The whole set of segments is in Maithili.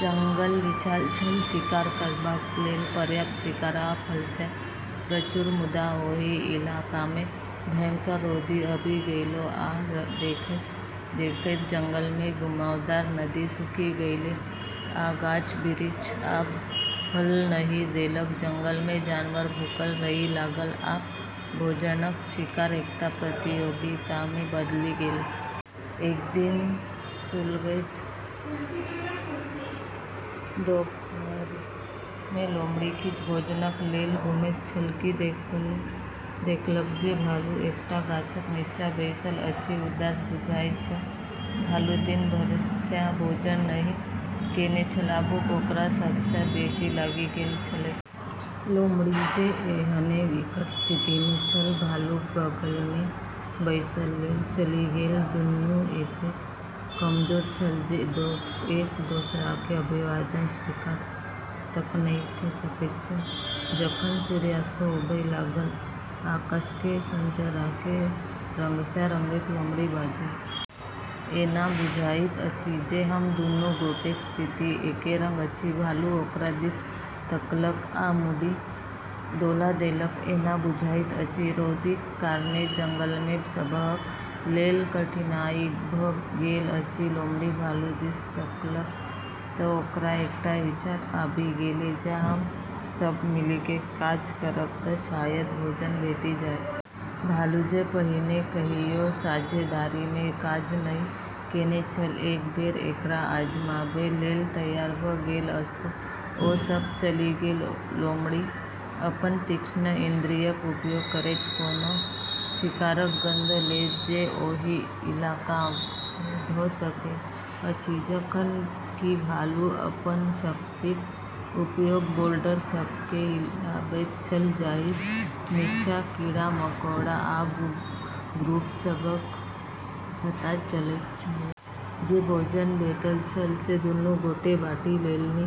जंगल विशाल छल, शिकार करबाक लेल पर्याप्त शिकार आ फलसँ प्रचूर । मुदा, ओहि इलाकामे भयंकर रौदी आबि गेलै, आ देखैत-देखैत जंगलमे घुमावदार नदी सुखि गेलै, आ गाछ-बिरिछ आब फल नहि देलक। जंगलमे जानवर भूखल रहै लागल, आ भोजनक शिकार एकटा प्रतियोगितामे बदलि गेल। एक दिन सुलगैत दोपहरियामे लोमड़ी किछ भोजनक लेल घुमैत छल कि देखलक जे भालू एकटा गाछक निच्चाँ बैसल अछि, उदास बुझाइत छल। भालू दिन भरिसँ भोजन नहि केने छल, आ भूख ओकरा सबसँ बेशी लागि गेल छलैक। लोमड़ी, जे एहने विकट स्थितिमे छल, भालूक बगलमे बैसय लेल चलि गेल, दुन्नू एतेक कमजोर छल जे एक दोसराकेँ अभिवादन स्वीकार तक नहि क' सकैत छल। जखन सूर्यास्त होबय लागल, आकाशके संतराके रंगसँ रंगैत, लोमड़ी बाजल। "एना बुझाइत अछि जे हम दुन्नू गोटेक स्थिति एके रंग अछि। " भालू ओकरा दिस तकलक आ मुड़ी डोला देलक, "एना बुझाइत अछि। रौदीक कारणेँ जंगलमे सबहक लेल कठिनाई भ' गेल अछि। " लोमड़ी भालू दिस तकलक, त' ओकरा एकटा विचार आबि गेलै, "जँ हम सभ मिलिके काज करब त' शायद भोजन भेटि जाय। " भालू जे पहिने कहियो साझेदारीमे काज नहि केने छल, एक बेर एकरा आजमाबै लेल तैयार भ' गेल। अस्तु, ओ सभ चलि गेल, लोमड़ी अपन तीक्ष्ण इन्द्रियक उपयोग करैत कोनो शिकारक गंध लैत जे ओहि इलाकामे भ' सकैत अछि जखन कि भालू अपन शक्तिक उपयोग बोल्डर सभकेँ हिलाबैत छल, जाहिसँ निच्चाँ कीड़ा-मकोड़ा आ ग्रुब सभक पता चलैत छल। जे भोजन भेटल छल से दुन्नू गोटे बाँटि लेलनि,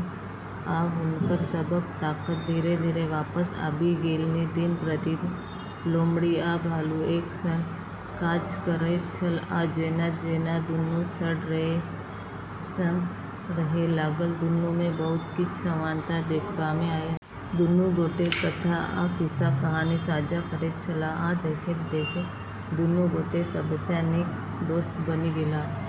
आ हुनकर सभक ताकत धीरे-धीरे वापस आबि गेलनि। दिन-प्रतिदिन लोमड़ी आ भालू एक सङ्ग काज करैत छल, आ जेना-जेना दुन्नू सङ्ग रहै लागल, दुन्नूमे बहुत किछ समानता देखबामे आयल। दुन्नू गोटे कथा आ किस्सा-कहानी साझा करैत छलाह, आ देखैत-देखैत दुन्नू गोटे सबसँ नीक दोस्त बनि गेलाह।